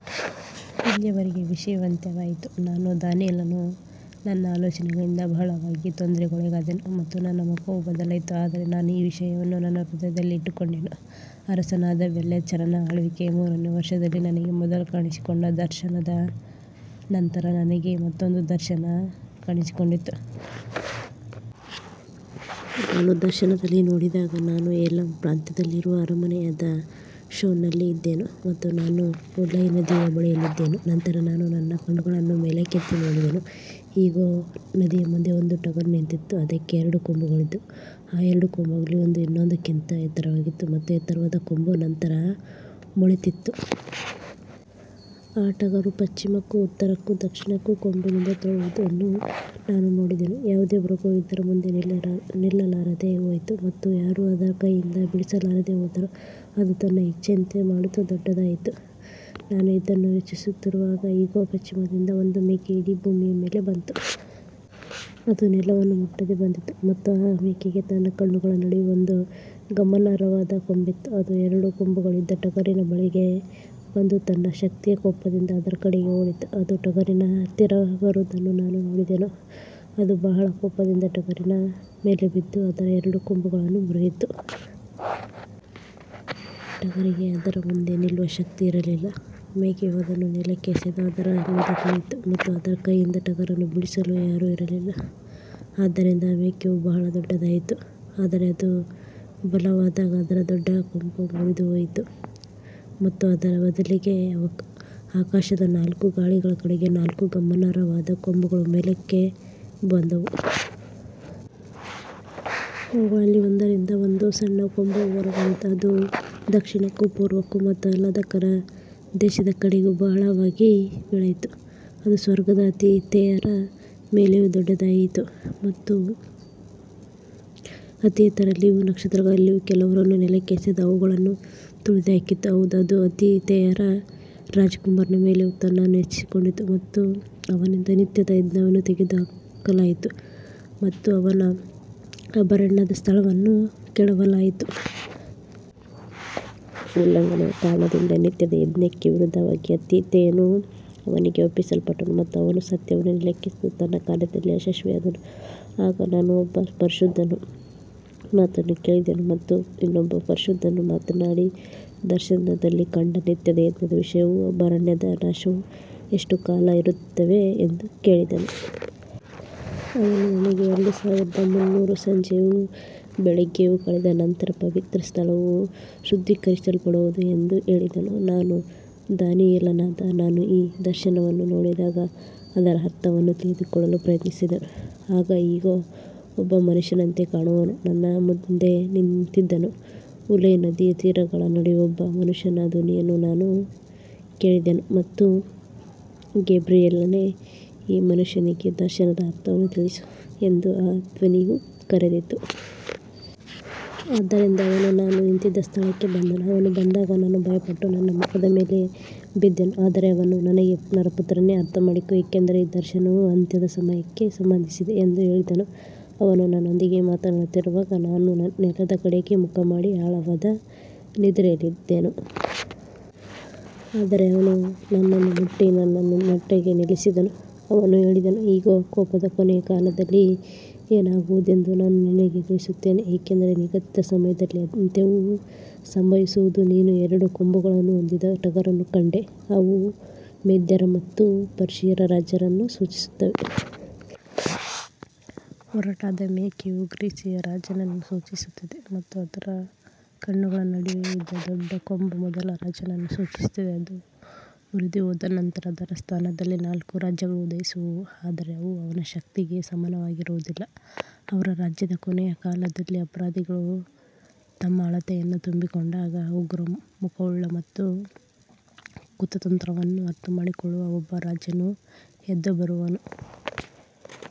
ಇಲ್ಲಿಯವರೆಗೆ ವಿಷಯವು ಅಂತ್ಯವಾಯಿತು. ನಾನು ದಾನಿಯೇಲನು ನನ್ನ ಆಲೋಚನೆಗಳಿಂದ ಬಹಳವಾಗಿ ತೊಂದರೆಗೊಳಗಾದೆನು ಮತ್ತು ನನ್ನ ಮುಖವು ಬದಲಾಯಿತು, ಆದರೆ ನಾನು ಈ ವಿಷಯವನ್ನು ನನ್ನ ಹೃದಯದಲ್ಲಿ ಇಟ್ಟುಕೊಂಡೆನು. ಅರಸನಾದ ಬೇಲ್ಶಚ್ಚರನ ಆಳ್ವಿಕೆಯ ಮೂರನೆಯ ವರ್ಷದಲ್ಲಿ ನನಗೆ ಮೊದಲು ಕಾಣಿಸಿಕೊಂಡ ದರ್ಶನದ ನಂತರ ನನಗೆ ಮತ್ತೊಂದು ದರ್ಶನ ಕಾಣಿಸಿಕೊಂಡಿತು. ನಾನು ದರ್ಶನದಲ್ಲಿ ನೋಡಿದಾಗ, ನಾನು ಏಲಾಮ್ ಪ್ರಾಂತ್ಯದಲ್ಲಿರುವ ಅರಮನೆಯಾದ ಶೂಷನ್ನಲ್ಲಿ ಇದ್ದೆನು ಮತ್ತು ನಾನು ಉಲೈ ನದಿಯ ಬಳಿಯಲ್ಲಿದ್ದೆನು. ನಂತರ ನಾನು ನನ್ನ ಕಣ್ಣುಗಳನ್ನು ಮೇಲಕ್ಕೆತ್ತಿ ನೋಡಿದೆನು. ಇಗೋ, ನದಿಯ ಮುಂದೆ ಒಂದು ಟಗರು ನಿಂತಿತ್ತು. ಅದಕ್ಕೆ ಎರಡು ಕೊಂಬುಗಳಿದ್ದವು. ಆ ಎರಡು ಕೊಂಬುಗಳಲ್ಲಿ ಒಂದು ಇನ್ನೊಂದಕ್ಕಿಂತ ಎತ್ತರವಾಗಿತ್ತು ಮತ್ತು ಎತ್ತರವಾದ ಕೊಂಬು ನಂತರ ಮೊಳೆತಿತ್ತು. ಆ ಟಗರು ಪಶ್ಚಿಮಕ್ಕೂ ಉತ್ತರಕ್ಕೂ ದಕ್ಷಿಣಕ್ಕೂ ಕೊಂಬಿನಿಂದ ತಳ್ಳುವುದನ್ನು ನಾನು ನೋಡಿದೆನು. ಯಾವುದೇ ಮೃಗವೂ ಅದರ ಮುಂದೆ ನಿಲ್ಲಲಾರದೆ ಹೋಯಿತು ಮತ್ತು ಯಾರೂ ಅದರ ಕೈಯಿಂದ ಬಿಡಿಸಲಾರದೆ ಹೋದರು. ಅದು ತನ್ನ ಇಚ್ಛೆಯಂತೆ ಮಾಡುತ್ತಾ ದೊಡ್ಡದಾಯಿತು. ನಾನು ಇದನ್ನು ಯೋಚಿಸುತ್ತಿರುವಾಗ, ಇಗೋ, ಪಶ್ಚಿಮದಿಂದ ಒಂದು ಮೇಕೆ ಇಡೀ ಭೂಮಿಯ ಮೇಲೆ ಬಂತು. ಅದು ನೆಲವನ್ನು ಮುಟ್ಟದೆ ಬಂದಿತು ಮತ್ತು ಆ ಮೇಕೆಗೆ ತನ್ನ ಕಣ್ಣುಗಳ ನಡುವೆ ಒಂದು ಗಮನಾರ್ಹವಾದ ಕೊಂಬಿತ್ತು. ಅದು ಎರಡು ಕೊಂಬುಗಳಿದ್ದ ಟಗರಿನ ಬಳಿಗೆ ಬಂದು ತನ್ನ ಶಕ್ತಿಯ ಕೋಪದಿಂದ ಅದರ ಕಡೆಗೆ ಓಡಿತು. ಅದು ಟಗರಿನ ಹತ್ತಿರ ಬರುವುದನ್ನು ನಾನು ನೋಡಿದೆನು. ಅದು ಬಹಳ ಕೋಪದಿಂದ ಟಗರಿನ ಮೇಲೆ ಬಿದ್ದು ಅದರ ಎರಡು ಕೊಂಬುಗಳನ್ನು ಮುರಿಯಿತು. ಟಗರಿಗೆ ಅದರ ಮುಂದೆ ನಿಲ್ಲುವ ಶಕ್ತಿಯಿರಲಿಲ್ಲ. ಮೇಕೆಯು ಅದನ್ನು ನೆಲಕ್ಕೆ ಎಸೆದು ಅದರ ಮೇಲೆ ತುಳಿಯಿತು ಮತ್ತು ಅದರ ಕೈಯಿಂದ ಟಗರನ್ನು ಬಿಡಿಸಲು ಯಾರೂ ಇರಲಿಲ್ಲ. ಆದ್ದರಿಂದ ಆ ಮೇಕೆಯು ಬಹಳ ದೊಡ್ಡದಾಯಿತು. ಆದರೆ ಅದು ಬಲವಾದಾಗ ಅದರ ದೊಡ್ಡ ಕೊಂಬು ಮುರಿದುಹೋಯಿತು ಮತ್ತು ಅದರ ಬದಲಿಗೆ ಆಕಾಶದ ನಾಲ್ಕು ಗಾಳಿಗಳ ಕಡೆಗೆ ನಾಲ್ಕು ಗಮನಾರ್ಹವಾದ ಕೊಂಬುಗಳು ಮೇಲಕ್ಕೆ ಬಂದವು. ಅವುಗಳಲ್ಲಿ ಒಂದರಿಂದ ಒಂದು ಸಣ್ಣ ಕೊಂಬು ಹೊರಬಂದಿತು. ಅದು ದಕ್ಷಿಣಕ್ಕೂ ಪೂರ್ವಕ್ಕೂ ಮತ್ತು ಆಹ್ಲಾದಕರ ದೇಶದ ಕಡೆಗೂ ಬಹಳವಾಗಿ ಬೆಳೆಯಿತು. ಅದು ಸ್ವರ್ಗದ ಆತಿಥೇಯರ ಮೇಲೆಯೂ ದೊಡ್ಡದಾಯಿತು ಮತ್ತು ಆತಿಥೇಯರಲ್ಲಿಯೂ ನಕ್ಷತ್ರಗಳಲ್ಲಿಯೂ ಕೆಲವರನ್ನು ನೆಲಕ್ಕೆ ಎಸೆದು ಅವುಗಳನ್ನು ತುಳಿದುಹಾಕಿತು. ಹೌದು, ಅದು ಆತಿಥೇಯರ ರಾಜಕುಮಾರನ ಮೇಲೆಯೂ ತನ್ನನ್ನು ಹೆಚ್ಚಿಸಿಕೊಂಡಿತು ಮತ್ತು ಅವನಿಂದ ನಿತ್ಯದ ಯಜ್ಞವನ್ನು ತೆಗೆದುಹಾಕಲಾಯಿತು ಮತ್ತು ಅವನ ಅಭಯಾರಣ್ಯದ ಸ್ಥಳವನ್ನು ಕೆಡವಲಾಯಿತು. ಉಲ್ಲಂಘನೆಯ ಕಾರಣದಿಂದ ನಿತ್ಯದ ಯಜ್ಞಕ್ಕೆ ವಿರುದ್ಧವಾಗಿ ಆತಿಥೇಯನು ಅವನಿಗೆ ಒಪ್ಪಿಸಲ್ಪಟ್ಟನು ಮತ್ತು ಅವನು ಸತ್ಯವನ್ನು ನೆಲಕ್ಕೆ ಎಸೆದು ತನ್ನ ಕಾರ್ಯದಲ್ಲಿ ಯಶಸ್ವಿಯಾದನು. ಆಗ ನಾನು ಒಬ್ಬ ಪರಿಶುದ್ಧನ ಮಾತನ್ನು ಕೇಳಿದೆನು ಮತ್ತು ಇನ್ನೊಬ್ಬ ಪರಿಶುದ್ಧನು ಮಾತನಾಡಿ, ದರ್ಶನದಲ್ಲಿ ಕಂಡ ನಿತ್ಯದ ಯಜ್ಞದ ವಿಷಯವೂ ಅಭಯಾರಣ್ಯದ ನಾಶವೂ ಎಷ್ಟು ಕಾಲ ಇರುತ್ತವೆ ಎಂದು ಕೇಳಿದನು. ಅವನು ನನಗೆ, ಎರಡು ಸಾವಿರದ ಮುನ್ನೂರು ಸಂಜೆಯೂ ಬೆಳಗ್ಗೆಯೂ ಕಳೆದ ನಂತರ ಪವಿತ್ರ ಸ್ಥಳವು ಶುದ್ಧೀಕರಿಸಲ್ಪಡುವುದು ಎಂದು ಹೇಳಿದನು. ನಾನು ದಾನಿಯೇಲನಾದ ನಾನು ಈ ದರ್ಶನವನ್ನು ನೋಡಿದಾಗ ಅದರ ಅರ್ಥವನ್ನು ತಿಳಿದುಕೊಳ್ಳಲು ಪ್ರಯತ್ನಿಸಿದೆನು. ಆಗ ಇಗೋ, ಒಬ್ಬ ಮನುಷ್ಯನಂತೆ ಕಾಣುವವನು ನನ್ನ ಮುಂದೆ ನಿಂತಿದ್ದನು. ಉಲೈ ನದಿಯ ತೀರಗಳ ನಡುವೆ ಒಬ್ಬ ಮನುಷ್ಯನ ಧ್ವನಿಯನ್ನು ನಾನು ಕೇಳಿದೆನು ಮತ್ತು ಗೇಬ್ರಿಯೇಲನೇ, ಈ ಮನುಷ್ಯನಿಗೆ ದರ್ಶನದ ಅರ್ಥವನ್ನು ತಿಳಿಸು ಎಂದು ಆ ಧ್ವನಿಯು ಕರೆದಿತು. ಆದ್ದರಿಂದ ಅವನು ನಾನು ನಿಂತಿದ್ದ ಸ್ಥಳಕ್ಕೆ ಬಂದನು. ಅವನು ಬಂದಾಗ ನಾನು ಭಯಪಟ್ಟು ನನ್ನ ಮುಖದ ಮೇಲೆ ಬಿದ್ದೆನು. ಆದರೆ ಅವನು ನನಗೆ, ನರಪುತ್ರನೇ, ಅರ್ಥಮಾಡಿಕೋ, ಏಕೆಂದರೆ ಈ ದರ್ಶನವು ಅಂತ್ಯದ ಸಮಯಕ್ಕೆ ಸಂಬಂಧಿಸಿದೆ ಎಂದು ಹೇಳಿದನು. ಅವನು ನನ್ನೊಂದಿಗೆ ಮಾತನಾಡುತ್ತಿರುವಾಗ ನಾನು ನೆಲದ ಕಡೆಗೆ ಮುಖಮಾಡಿ ಆಳವಾದ ನಿದ್ರೆಯಲ್ಲಿದ್ದೆನು. ಆದರೆ ಅವನು ನನ್ನನ್ನು ಮುಟ್ಟಿ ನನ್ನನ್ನು ನೆಟ್ಟಗೆ ನಿಲ್ಲಿಸಿದನು. ಅವನು ಹೇಳಿದನು, ಇಗೋ, ಕೋಪದ ಕೊನೆಯ ಕಾಲದಲ್ಲಿ ಏನಾಗುವುದೆಂದು ನಾನು ನಿನಗೆ ತಿಳಿಸುತ್ತೇನೆ, ಏಕೆಂದರೆ ನಿಗದಿತ ಸಮಯದಲ್ಲಿ ಅಂತ್ಯವು ಸಂಭವಿಸುವುದು. ನೀನು ಎರಡು ಕೊಂಬುಗಳನ್ನು ಹೊಂದಿದ್ದ ಟಗರನ್ನು ಕಂಡೆ. ಅವು ಮೇದ್ಯರ ಮತ್ತು ಪರ್ಷಿಯರ ರಾಜರನ್ನು ಸೂಚಿಸುತ್ತವೆ. ಒರಟಾದ ಮೇಕೆಯು ಗ್ರೀಸಿಯ ರಾಜನನ್ನು ಸೂಚಿಸುತ್ತದೆ ಮತ್ತು ಅದರ ಕಣ್ಣುಗಳ ನಡುವೆ ಇದ್ದ ದೊಡ್ಡ ಕೊಂಬು ಮೊದಲ ರಾಜನನ್ನು ಸೂಚಿಸುತ್ತದೆ. ಅದು ಮುರಿದುಹೋದ ನಂತರ ಅದರ ಸ್ಥಾನದಲ್ಲಿ ನಾಲ್ಕು ರಾಜ್ಯಗಳು ಉದಯಿಸುವವು, ಆದರೆ ಅವು ಅವನ ಶಕ್ತಿಗೆ ಸಮನಾಗಿರುವುದಿಲ್ಲ. ಅವರ ರಾಜ್ಯದ ಕೊನೆಯ ಕಾಲದಲ್ಲಿ, ಅಪರಾಧಿಗಳು ತಮ್ಮ ಅಳತೆಯನ್ನು ತುಂಬಿಕೊಂಡಾಗ, ಉಗ್ರ ಮುಖವುಳ್ಳ ಮತ್ತು ಕುತಂತ್ರವನ್ನು ಅರ್ಥಮಾಡಿಕೊಳ್ಳುವ ಒಬ್ಬ ರಾಜನು ಎದ್ದುಬರುವನು.